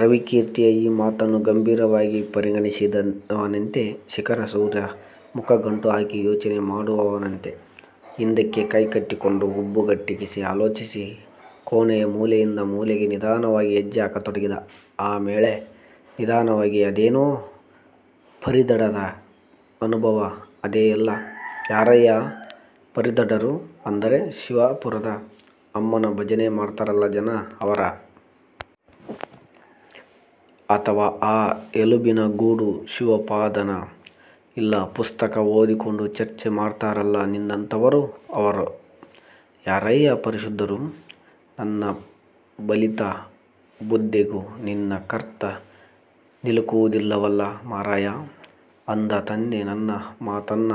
ರವಿಕೀರ್ತಿಯ ಈ ಮಾತನ್ನ ಗಂಭೀರವಾಗಿ ಪರಿಗಣಿಸಿದವನಂತೆ ಶಿಖರಸೂರ್ಯ ಮುಖ ಗಂಟು ಹಾಕಿ ಯೋಚನೆ ಮಾಡುವವರಂತೆ ಹಿಂದಕ್ಕೆ ಕೈ ಕಟ್ಟಿಕೊಂಡು, ಹುಬ್ಬುಗಂಟಿಕ್ಕಿ ಆಲೋಚಿಸುತ್ತ, ಕೋಣೆಯ ಮೂಲೆಯಿಂದ ಮೂಲೆಗೆ ನಿಧಾನವಾಗಿ ಹೆಜ್ಜೆಹಾಕತೊಡಗಿದ. ಆಮೇಳೆ ನಿಧಾನವಾಗಿ "ಅದೇನೋ ಪರಿಧಡ್ಡರ ಅನುಭವ ಅಂದೆಯಲ್ಲ? ಯಾರಯ್ಯ ಪರಿಧಡ್ಡರು ಅಂದರೆ? ಶಿವಾಪುರದ ಅಮ್ಮನ ಭಜನೆ ಮಾಡ್ತಾರಲ್ಲ ಜನ, ಅವರ? ಅಥವಾ ಆ ಎಲುಬಿನ ಗೂಡು ಶಿವಪಾದನ? ಇಲ್ಲಾ ಪುಸ್ತಕ ಓದಿಕೊಂಡು ಚರ್ಚೆ ಮಾಡ್ತಾರಲ್ಲ ನಿನ್ನಂಥವರು, ಅವರ? ಯಾರಯ್ಯಾ ಪರಿಶುದ್ಧರು? ನನ್ನ ಬಲಿತ ಬುದ್ಧೆಗೂ ನಿನ್ನ ತರ್ಕ ನಿಲುಕುವುದಿಲ್ಲವಲ್ಲ ಮಾರಾಯಾ". ಅಂದ. ತಂದೆ ತನ್ನ ಮಾತನ್ನ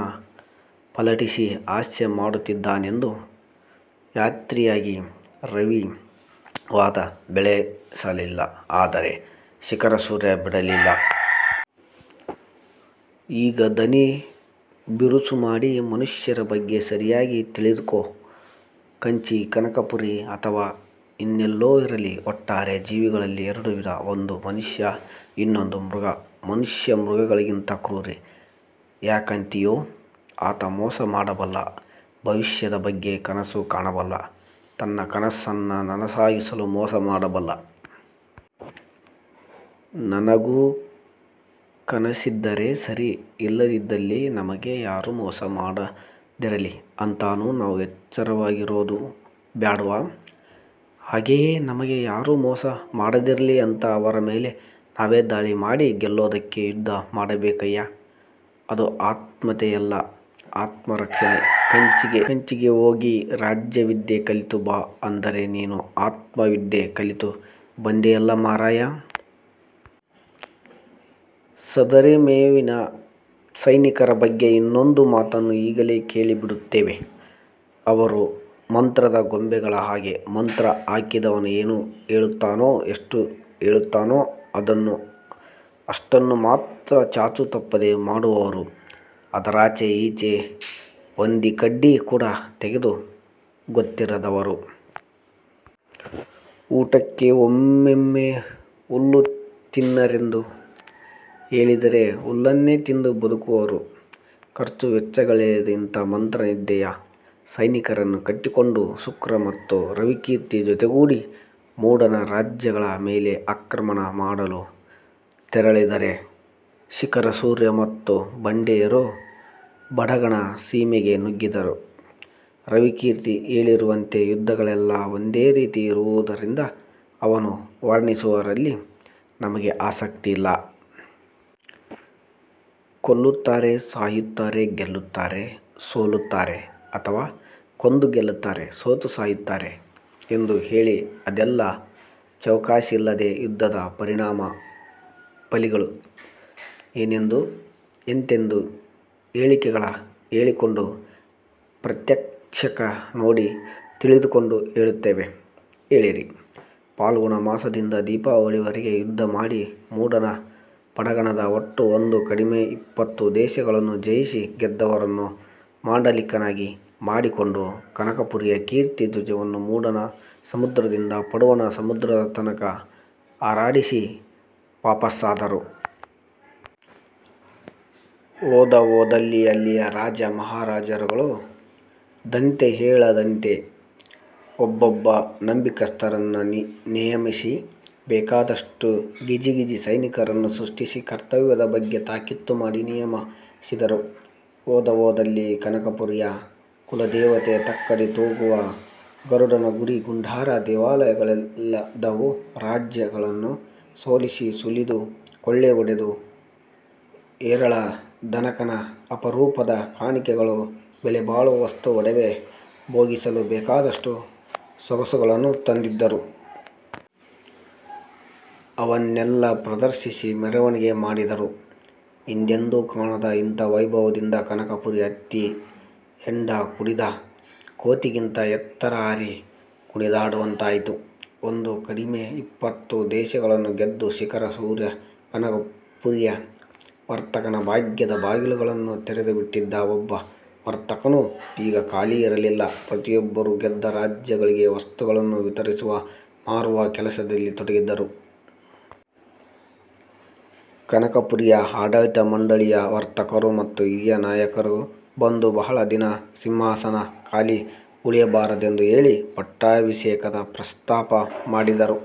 ಪಲ್ಲಟಿಸಿ ಹಾಸ್ಯ ಮಾಡುತ್ತಿದ್ದಾನೆಂದು ಖಾತ್ರಿಯಾಗಿ ರವಿ ವಾದ ಬೆಳೆಸಲಿಲ್ಲ. ಆದರೆ ಶಿಖರಸೂರ್ಯ ಬಿಡಲಿಲ್ಲ. ಈಗ ದನಿ ಬಿರುಸು ಮಾಡಿ, "ಮನುಷ್ಯರ ಬಗ್ಗೆ ಸರಿಯಾಗಿ ತಿಳಿದುಕೊ. ಕಂಚಿ ಕನಕಪುರಿ ಅಥವಾ ಇನ್ನೆಲ್ಲೋ ಇರಲಿ ಒಟ್ಟಾರೆ ಜೀವಿಗಳಲ್ಲಿ ಎರಡು ವಿಧ: ಒಂದು ಮನುಷ್ಯ, ಇನ್ನೊಂದು ಮೃಗ. ಮನುಷ್ಯ ಮೃಗಗಳಿಗಿಂಗ ಕ್ರೂರಿ. ಯಾಕಂತೀಯೊ? ಆತ ಮೋಸ ಮಾಡಬಲ್ಲ; ಭವಿಷ್ಯದ ಬಗ್ಗೆ ಕನಸು ಕಾಣಬಲ್ಲ. ತನ್ನ ಕನಸನ್ನ ನನಸಾಗಿಸಲು ಮೋಸ ಮಾಡಬಲ್ಲ. ನನಗೂ ಕನಸಿದ್ದರೆ ಸರಿ. ಇಲ್ಲದಿದ್ದಲ್ಲಿ ನಮಗೆ ಯಾರೂ ಮೋಸ ಮಾಡದಿರಲಿ ಅಂತಾದರೂ ನಾವು ಎಚ್ಚರವಾಗಿರೋದು ಬ್ಯಾಡವಾ? ಹಾಗೆಯೇ ನಮಗೆ ಯಾರೂ ಮೋಸ ಮಾಡದಿರಲಿ ಅಂತ ಅವರ ಮೇಲೆ ನಾವೇ ದಾಳಿ ಮಾಡಿ ಗೆಲ್ಲೋದಕ್ಕೆ ಯುದ್ಧ ಮಾಡಬೇಕಯ್ಯಾ. ಅದು ಆತ್ಮಹತ್ಯೆಯಲ್ಲ, ಆತ್ಮರಕ್ಷಣೆ. ಕಂಚಿಗೆ ಹೋಗಿ ರಾಜವಿದ್ಯೆ ಕಲಿತು ಬಾ ಅಂದರೆ ನೀನು ಆತ್ಮವಿದ್ಯೆ ಕಲಿತು ಬಂದೆಯಲ್ಲಾ ಮಾರಾಯಾ! " ಸದರಿ ಮೇವಿನ ಸೈನಿಕರ ಬಗ್ಗೆ ಇನ್ನೊಂದು ಮಾತನ್ನು ಈಗಲೇ ಹೇಳಿ ಬಿಡುತ್ತೇವೆ: ಅವರು ಮಂತ್ರದ ಗೊಂಬೆಗಳ ಹಾಗೆ. ಮಂತ್ರ ಹಾಕಿದವ ಏನು ಹೇಳುತ್ತಾನೋ, ಎಷ್ಟು ಹೇಳುತ್ತಾನೋ ಅದನ್ನು, ಅಷ್ಟನ್ನು ಮಾತ್ರ ಚಾಚೂ ತಪ್ಪದೆ ಮಾಡುವವರು. ಅದರಾಚಿ ಈಚೆ ಒಂದಿ ಕಡ್ಡಿ ಕೂಡ ತೆಗೆದು ಗೊತ್ತಿರದವರು. ಊಟಕ್ಕೆ ಒಮ್ಮೊಮ್ಮೆ ಹುಲ್ಲು ತಿನ್ನಿರೆಂದು ಹೇಳಿದರೆ ಹುಲ್ಲನ್ನೇ ತಿಂದು ಬದುಕುವವರು. ಖರ್ಚು ವೆಚ್ಚಗಳಿಲ್ಲದ ಇಂಥ ಮಂತ್ರನಿಷ್ಠೆಯ ಸೈನಿಕರನ್ನು ಕಟ್ಟಿಕೊಂಡು ಸುಕ್ರ ಮತ್ತು ರವಿಕೀರ್ತಿ ಜೊತೆಗೂಡಿ ಮೂಡನ ರಾಜ್ಯಗಳ ಮೇಲೆ ಆಕ್ರಮಣ ಮಾಡಲು ತೆರಳಿದರೆ ಶಿಖರಸೂರ್ಯ ಮತ್ತು ಬಂಡೆಯರು ಬಡಗಣ ಸೀಮೆಗೆ ನುಗ್ಗಿದರು. ರವಿಕೀರ್ತಿ ಹೇಳಿರುವಂತೆ ಯುದ್ಧಗಳೆಲ್ಲಾ ಒಂದೇ ರೀತಿ ಇರುವುದರಿಂದ ಅವನ್ನು ವರ್ಣಿಸುವುದರಲ್ಲಿ ನಮಗೆ ಆಸಕ್ತಿಯಿಲ್ಲ. ಕೊಲ್ಲುತ್ತಾರೆ, ಸಾಯುತ್ತಾರೆ, ಗೆಲ್ಲುತ್ತಾರೆ. ಸೋಲುತ್ತಾರೆ. ಅಥವಾ ಕೊಂದು ಗೆಲ್ಲುತ್ತಾರೆ, ಸೋತು ಸಾಯುತ್ತಾರೆ, ಎಂದು ಹೇಳಿ ಅದೆಲ್ಲಾ ಚೌಕಾಶಿಯಿಲ್ಲದೆ ಯುದ್ಧದ ಪರಿಣಾಮ ಫಲಿಗಳು ಏನೆಂದು, ಎಂತೆಂದು ಹೇಳಿಕೆಗಳ ಕೇಳಿಕೊಂಡು, ಪ್ರತ್ಯಕ್ಷಕ ನೋಡಿ ತಿಳಿದುಕೊಂಡು ಹೇಳುತ್ತೇವೆ, ಕೇಳಿರಿ:ಫಾಲ್ಗುಣ ಮಾಸದಿಂದ ದೀಪಾವಳಿಯವರೆಗೆ ಯುದ್ಧಮಾಡಿ ಮೂಡಣ ಬಡಗಣದ ಒಟ್ಟು ಒಂದು ಕಡಿಮೆ ಇಪ್ಪತ್ತು ದೇಶಗಳನ್ನೂ ಜಯಿಸಿ, ಗೆದ್ದವರನ್ನ ಮಾಂಡಳಿಕರನ್ನಾಗಿ ಮಾಡಿಕೊಂಡು, ಕನಕಪುರಿಯ ಕೀರ್ತಿ ಧ್ವಜವನ್ನು ಮೂಡಣ ಸಮುದ್ರದಿಂದ ಪಡುವಣ ಸಮುದ್ರದ ತನಕ ಹಾರಾಡಿಸಿ ವಾಪಸಾದರು. ಹೋದಹೋದಲ್ಲಿ ಅಲ್ಲಿಯ ರಾಜ ಮಹಾರಾಜರುಗಳು ದಂತೆಯೇಳದಂತೆ ಒಬ್ಬೊಬ್ಬ ನಂಬಿಕಸ್ಥರನ್ನ ನಿಯಮಿಸಿ ಬೇಕಾದಷ್ಟು ಗಿಜಿ ಗಿಜಿ ಸೈನಿಕರನ್ನು ಸೃಷ್ಟಿಸಿ, ಕರ್ತವ್ಯದ ಬಗ್ಗೆ ತಾಕೀತು ಮಾಡಿ ನಿಯಮಿಸಿದರು. ಹೋದಹೋದಲ್ಲಿ ಕನಕಪುರಿಯ ಕುಲದೇವತೆ ತಕ್ಕಡಿ ತೂಗುವ ಗರುಡನ ಗುಡಿ ಗುಂಡಾರ ದೇವಾಲಯಗಳೆದ್ದವು. ರಾಜ್ಯಗಳನ್ನು ಸೋಲಿಸಿ, ಸುಲಿದು, ಕೊಳ್ಳೆ ಹೊಡೆದು, ಹೇರಳ ಧನಕನಕ, ಅಪರೂಪದ ಕಾಣಿಕೆಗಳು ಬೆಲೆಬಾಳುವ ವಸ್ತು ಒಡವೆ, ಭೋಗಿಸಲು ಬೇಕಾದಷ್ಟು ಸೊಗಸುಗಳನ್ನು ತಂದಿದ್ದರು. ಅವನ್ನೆಲ್ಲ ಪ್ರದರ್ಶಿಸಿ ಮೆರವಣಿಗೆ ಮಾಡಿದರು. ಹಿಂದೆಂದೂ ಕಾಣದ ಇಂಥ ವೈಭವದಿಂದ ಕನಕಪುರಿ ಹತ್ತಿ ಹೆಂಡ ಕುಡಿದ ಕೋತಿಗಿಂತ ಎತ್ತರ ಹಾರಿ ಕುಣಿದಾಡವಂತಾಯಿತು. ಒಂದು ಕಡಿಮೆ ಇಪ್ಪತ್ತು ದೇಶಗಳನ್ನು ಗೆದ್ದು ಶಿಖರಸೂರ್ಯ ಕನಕಪುರಿಯ ವರ್ತಕರ ಭಾಗ್ಯದ ಬಾಗಿಲುಗಳನ್ನು ತೆರೆದುಬಿಟ್ಟಿದ್ದ. ಒಬ್ಬ ವರ್ತಕನೂ ಈಗ ಖಾಲಿ ಇರಲಿಲ್ಲ. ಪ್ರತಿಯೊಬ್ಬರೂ ಗೆದ್ದ ರಾಜ್ಯಗಳಿಗೆ ವಸ್ತುಗಳನ್ನು ವಿತರಿಸುವ, ಮಾರುವ ಕೆಲಸದಲ್ಲಿ ತೊಡಗಿದ್ದರು. ಕನಕಪುರಿಯ ಆಡಳಿತ ಮಂಡಳಿಯ ವರ್ತಕರು ಮತ್ತು ಹಿರಿಯ ನಾಯಕರು ಬಂದು ಬಹಳ ದಿನ ಸಿಂಹಾಸನ ಖಾಲಿ ಉಳಿಯಬಾರದೆಂದು ಹೇಳಿ ಪಟ್ಟಾಭಿಷೇಕದ ಪ್ರಸ್ತಾಪ ಮಾಡಿದರು.